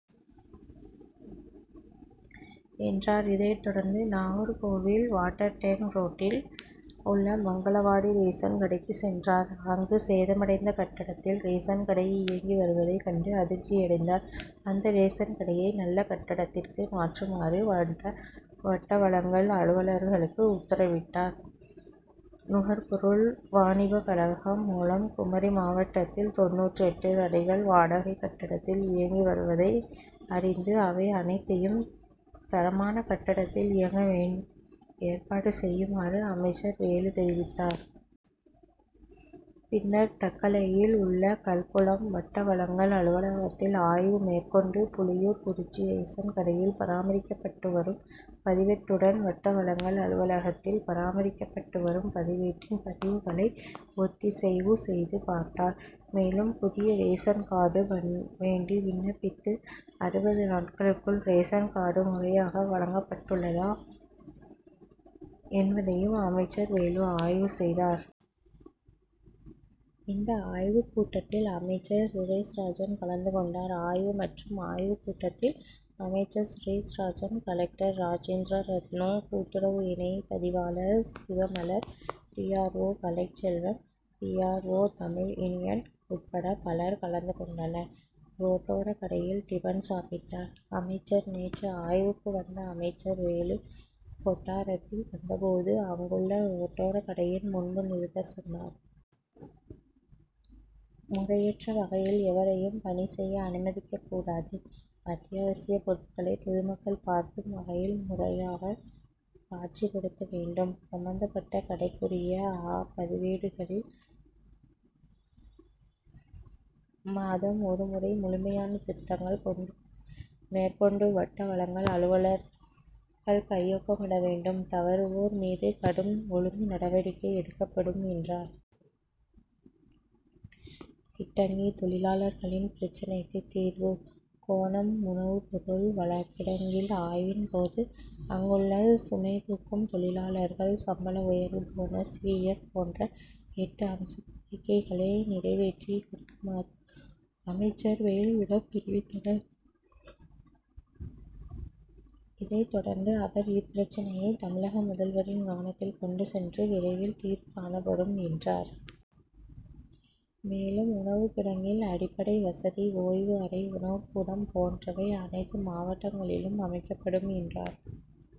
என்றார். இதைத்தொடர்ந்து நாகர்கோவில் வாட்டர்டேங்க் ரோட்டில் உள்ள மங்களவாடி ரேஷன்கடைக்கு சென்றார். அங்கு சேதமடைந்த கட்டடத்தில் ரேஷன்கடை இயங்கி வருவதை கண்டு அதிர்ச்சி அடைந்தார். அந்த ரேஷன் கடையை நல்ல கட்டடத்திற்கு மாற்றுமாறு வட்ட வழங்கல் அலுவலர்களுக்கு உத்தரவிட்டார். நுகர்பொருள் வாணிபக்கழகம் மூலம் குமரி மாவட்டத்தில் தொண்ணூற்றெட்டு கடைகள் வாடகை கட்டடத்தில் இயங்கி வருவதை அறிந்து அவை அனைத்தையும் தரமான கட்டடத்தில் இயங்க ஏற்பாடு செய்யுமாறு அமைச்சர் வேலு தெரிவித்தார். பின்னர் தக்கலையில் உள்ள கல்குளம் வட்ட வழங்கல் அலுவலகத்தில் ஆய்வு மேற்கொண்டு புலியூர்குறிச்சி ரேஷன் கடையில் பராமரிக்கப்பட்டு வரும் பதிவேட்டுடன் வட்ட வழங்கல் அலுவலகத்தில் பராமரிக்கப்பட்டு வரும் பதிவேட்டின் பதிவுகளை ஒத்திசைவு செய்து பார்த்தார். மேலும் புதிய ரேஷன் கார்டு வேண்டி விண்ணப்பித்து அறுபது நாட்களுக்குள் ரேஷன் கார்டு முறையாக வழங்கப்பட்டுள்ளதா என்பதையும் அமைச்சர் வேலு ஆய்வு செய்தார். இந்த ஆய்வுகூட்டத்தில் அமைச்சர் சுரேஷ்ராஜன் கலந்துகொண்டார். ஆய்வு, மற்றும் ஆய்வு கூட்டத்தில் அமைச்சர் சுரேஷ்ராஜன், கலெக்டர் ராஜேந்திர ரத்னூ, கூட்டுறவு இணைபதிவாளர் Sivamalar, D. R. O. Kalaiselvan, P. R. O. Tamil Iniyan உட்பட பலர் கலந்துகொண்டனர். ரோட்டோர கடையில் டிபன் சாப்பிட்டார் அமைச்சர் நேற்று ஆய்வுக்கு வந்த அமைச்சர் வேலு, கொட்டாரத்தில் வந்தபோது அங்குள்ள ரோட்டோர கடையின் முன்பு நிறுத்த சொன்னார். முறையற்ற வகையில் எவரையும் பணி செய்ய அனுமதிக்க கூடாது. அத்தியாவசிய பொருட்களை பொதுமக்கள் பார்க்கும் வகையில் முறையாக காட்சிப்படுத்த வேண்டும். சம்பந்தப்பட்ட கடைக்குரிய அ பதிவேடுகளில் மாதம் ஒரு முறை முழுமையான திருத்தங்கள் மேற்கொண்டு வட்ட வழங்கல் அலுவலர்கள் கையொப்பமிடவேண்டும். தவறுவோர் மீது கடும் ஒழுங்கு நடவடிக்கை எடுக்கப்படும் என்றார். கிட்டங்கி தொழிலாளர்களின் பிரச்சனைக்கு தீர்வு: கோணம் உணவு பொருள் கிடங்கில் ஆய்வின்போது, அங்குள்ள சுமைதூக்கும் தொழிலாளர்கள் சம்பள உயர்வு, போனஸ், பி. எஃப். போன்ற எட்டு அம்ச கோரிக்கைகளை நிறைவேற்றி கொடுக்குமாறு அமைச்சர் வேலுவிடம் தெரிவித்தனர். இதைத்தொடர்ந்து அவர் இப்பிரச்சினையை தமிழக முதல்வரின் கவனத்தில் கொண்டு சென்று விரைவில் தீர்வு காணப்படும் என்றார். மேலும் உணவு கிடங்கில் அடிப்படை வசதி, ஓய்வு அறை, உணவுக்கூடம் போன்றவை அனைத்து மாவட்டங்களிலும் அமைக்கப்படும் என்றார்.